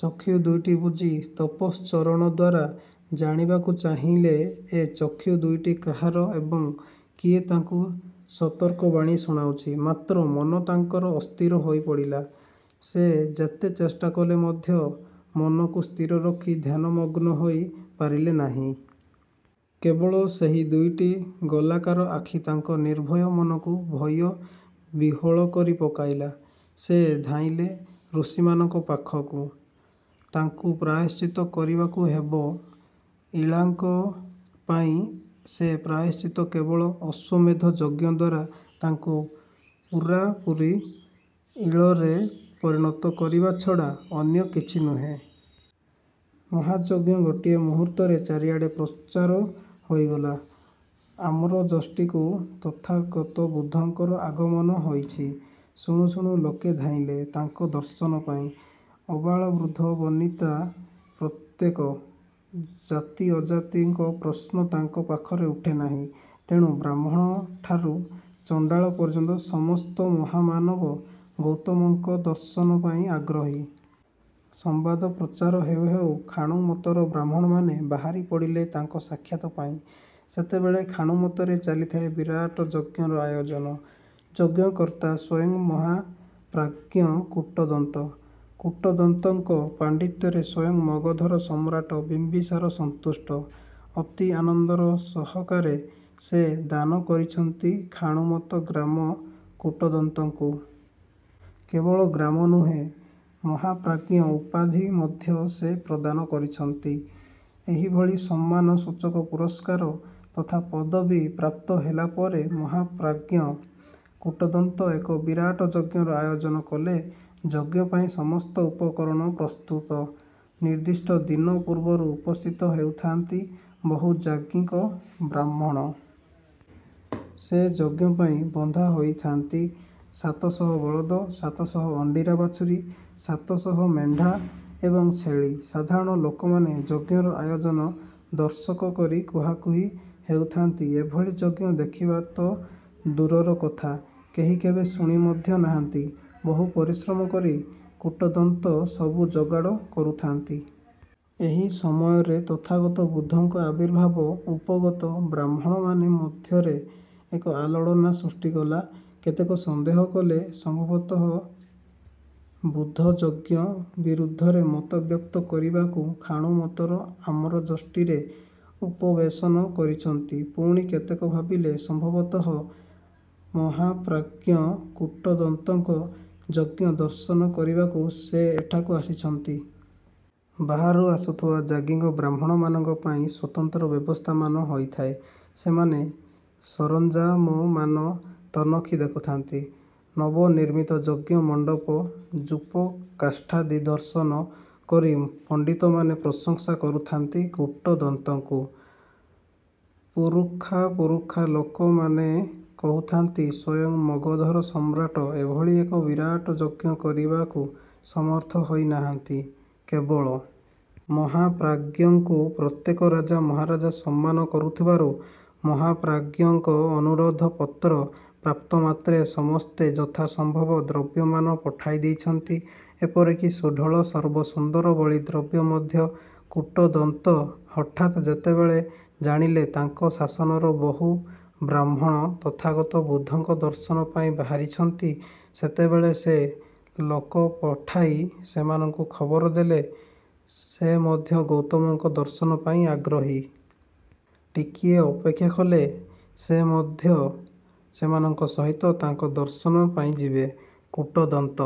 ଚକ୍ଷୁ ଦୁଇଟି ବୁଜି ତପଶ୍ଚରଣ ଦ୍ୱାରା ଜାଣିବାକୁ ଚାହିଁଲେ ଏ ଚକ୍ଷୁ ଦୁଇଟି କାହାର ଏବଂ କିଏ ତାଙ୍କୁ ସତର୍କବାଣୀ ଶୁଣାଉଛି। ମାତ୍ର ମନ ତାଙ୍କର ଅସ୍ଥିର ହୋଇ ପଡ଼ିଲା। ସେ ଯେତେ ଚେଷ୍ଟାକଲେ ମଧ୍ୟ ମନକୁ ସ୍ଥିର ରଖି ଧ୍ୟାନମଗ୍ନ ହୋଇ ପାରିଲେ ନାହିଁ। କେବଳ ସେହି ଦୁଇଟି ଗୋଲାକାର ଆଖି ତାଙ୍କ ନିର୍ଭୟ ମନକୁ ଭୟ ବିହ୍ୱଳ କରି ପକାଇଲା। ସେ ଧାଇଁଲେ ଋଷିମାନଙ୍କ ପାଖକୁ। ତାଙ୍କୁ ପ୍ରାୟଶ୍ଚିତ କରିବାକୁ ହେବ ଇଳାଙ୍କ ପାଇଁ ସେ ପ୍ରାୟଶ୍ଚିତ କେବଳ ଅଶ୍ୱମେଧ ଯଜ୍ଞଦ୍ୱାରା ତାଙ୍କୁ ପୂରାପୂରି ଇଳରେ ପରିଣତ କରିବା ଛଡ଼ା ଅନ୍ୟ କିଛି ନୁହେଁ। ମହାଯଜ୍ଞ ଗୋଟିଏ ମୁହୂର୍ତ୍ତରେ ଚାରିଆଡ଼େ ପ୍ରଚାର ହୋଇଗଲା, ଆମ୍ରଯଷ୍ଟିକୁ ତଥାଗତ ବୁଦ୍ଧଙ୍କର ଆଗମନ ହୋଇଛି। ଶୁଣୁ ଶୁଣୁ ଲୋକେ ଧାଇଁଲେ ତାଙ୍କ ଦର୍ଶନପାଇଁ। ଆବାଳବୃଦ୍ଧବନିତା ପ୍ରତ୍ୟେକ। ଜାତି ଅଜାତିଙ୍କ ପ୍ରଶ୍ନ ତାଙ୍କ ପାଖରେ ଉଠେ ନାହିଁ। ତେଣୁ ବ୍ରାହ୍ମଣଠାରୁ ଚଣ୍ଡାଳ ପର୍ଯ୍ୟନ୍ତ ସମସ୍ତ ମହାମାନବ ଗୌତମଙ୍କ ଦର୍ଶନ ପାଇଁ ଆଗ୍ରହୀ। ସମ୍ୱାଦ ପ୍ରଚାର ହେଉ ହେଉ ଖାଣୁମତର ବ୍ରାହ୍ମଣମାନେ ବାହାରି ପଡ଼ିଲେ ତାଙ୍କ ସାକ୍ଷାତ ପାଇଁ। ସେତେବେଳେ ଖାଣୁମତରେ ଚାଲିଥାଏ ବିରାଟ ଯଜ୍ଞର ଆୟୋଜନ। ଯଜ୍ଞକର୍ତ୍ତା ସ୍ୱୟଂ ମହାପ୍ରାଜ୍ଞ କୂଟଦନ୍ତ। କୂଟଦନ୍ତଙ୍କ ପାଣ୍ଡିତ୍ୟରେ ସ୍ୱୟଂ ମଗଧର ସମ୍ରାଟ ବିମ୍ୱିସାର ସନ୍ତୁଷ୍ଟ। ଅତି ଆନନ୍ଦର ସହକାରେ ସେ ଦାନ କରିଛନ୍ତି ଖାଣୁମତ ଗ୍ରାମ କୂଟଦନ୍ତଙ୍କୁ। କେବଳ ଗ୍ରାମ ନୁହେଁ ମହାପ୍ରାଜ୍ଞ ଉପାଧି ମଧ୍ୟ ସେ ପ୍ରଦାନ କରିଛନ୍ତି। ଏହିଭଳି ସମ୍ମାନ ସୂଚକ ପୁରସ୍କାର ତଥା ପଦବୀ ପ୍ରାପ୍ତ ହେଲାପରେ ମହାପ୍ରାଜ୍ଞ କୂଟଦନ୍ତ ଏକ ବିରାଟ ଯଜ୍ଞର ଆୟୋଜନ କଲେ। ଯଜ୍ଞପାଇଁ ସମସ୍ତ ଉପକରଣ ପ୍ରସ୍ତୁତ। ନିର୍ଦ୍ଦିଷ୍ଟ ଦିନ ପୂର୍ବରୁ ଉପସ୍ଥିତ ହେଉଥାନ୍ତି ବହୁ ଯାଜ୍ଞିକ ବ୍ରାହ୍ମଣ। ସେ ଯଜ୍ଞପାଇଁ ବନ୍ଧା ହୋଇଥାନ୍ତି ସାତଶହ ବଳଦ, ସାତଶହ ଅଣ୍ଡିରା ବାଛୁରୀ, ସାତଶହ ମେଣ୍ଢା ଏବଂ ଛେଳି। ସାଧାରଣ ଲୋକମାନେ ଯଜ୍ଞର ଆୟୋଜନ ଦର୍ଶକ କରି କୁହାକୁହି ହେଉଥାନ୍ତି ଏଭଳି ଯଜ୍ଞ ଦେଖିବାତ ଦୂରର କଥା କେହି କେବେ ଶୁଣି ମଧ୍ୟ ନାହାନ୍ତି। ବହୁ ପରିଶ୍ରମ କରି କୂଟଦନ୍ତ ସବୁ ଯୋଗାଡ଼ କରୁଥାନ୍ତି। ଏହି ସମୟରେ ତଥାଗତ ବୁଦ୍ଧଙ୍କ ଆବିର୍ଭାବ ଉପଗତ ବ୍ରାହ୍ମଣମାନେ ମଧ୍ୟରେ ଏକ ଆଲୋଡ଼ନ ସୃଷ୍ଟି କଲା। କେତେକ ସନ୍ଦେହ କଲେ ସମ୍ଭବତ ବୁଦ୍ଧ ଯଜ୍ଞ ବିରୁଦ୍ଧରେ ମତବ୍ୟକ୍ତ କରିବାକୁ ଖାଣୁମତର ଆମ୍ରଯଷ୍ଟିରେ ଉପବେଶନ କରିଛନ୍ତି। ପୁଣି କେତେକ ଭାବିଲେ ସମ୍ଭବତଃ ମହାପ୍ରାଜ୍ଞ କୂଟଦନ୍ତଙ୍କ ଯଜ୍ଞ ଦର୍ଶନ କରିବାକୁ ସେ ଏଠାକୁ ଆସିଛନ୍ତି-। ବାହାରୁ ଆସୁଥିବା ଯାଜ୍ଞିକ ବ୍ରାହ୍ମଣମାନଙ୍କ ପାଇଁ ସ୍ୱତନ୍ତ୍ର ବ୍ୟବସ୍ଥାମାନ ହୋଇଥାଏ ସେମାନେ ସରଞ୍ଜାମମାନ ତନଖି ଦେଖୁଥାନ୍ତି। ନବନିର୍ମିତ ଯଜ୍ଞ ମଣ୍ଡପ-ଯୂପକାଷ୍ଠାଦି ଦର୍ଶନ କରି ପଣ୍ଡିତମାନେ ପ୍ରସଂସା କରୁଥାନ୍ତି କୂଟଦନ୍ତଙ୍କୁ। ପୁରୁଖା ପୁରୁଖା ଲୋକମାନେ କହୁଥାନ୍ତି ସ୍ୱୟଂ ମଗଧର ସମ୍ରାଟ ଏଭଳି ଏକ ବିରାଟ ଯଜ୍ଞ କରବାକୁ ସମର୍ଥ ହୋଇ ନାହାନ୍ତି, କେବଳ। ମହାପ୍ରାଜ୍ଞଙ୍କୁ ପ୍ରତ୍ୟେକ ରାଜା ମହାରାଜ ସମ୍ମାନ କରୁଥିବାରୁ ମହାପ୍ରାଜ୍ଞଙ୍କ ଅନୁରୋଧ ପତ୍ର ପ୍ରାପ୍ତ ମାତ୍ରେ ସମସ୍ତେ ଯଥା ସମ୍ଭବ ଦ୍ରବ୍ୟମାନ ପଠାଇ ଦେଇଛନ୍ତି। ଏପରିକି ସୁଢ଼ଳ ସର୍ବ ସୁନ୍ଦର ବଳି ଦ୍ରବ୍ୟ ମଧ୍ୟ। କୂଟଦନ୍ତ ହଠାତ୍ ଯେତେବେଳେ ଜାଣିଲେ ତାଙ୍କ ସାଶନର ବହୁ ବ୍ରାହ୍ମଣ ତଥାଗତ ବୁଦ୍ଧଙ୍କ ଦର୍ଶନ ପାଇଁ ବାହାରିଛନ୍ତି, ସେତେବେଳେ ସେ ଲୋକପଠାଇ ସେମାନଙ୍କୁ ଖବର ଦେଲେ ସେ ମଧ୍ୟ ଗୌତମଙ୍କ ଦର୍ଶନପାଇଁ ଆଗ୍ରହୀ। ଟିକିଏ ଅପେକ୍ଷା କଲେ ସେ ମଧ୍ୟ ସେମାନଙ୍କ ସହିତ ତାଙ୍କ ଦର୍ଶନ ପାଇଁ ଯିବେ। କୂଟଦନ୍ତ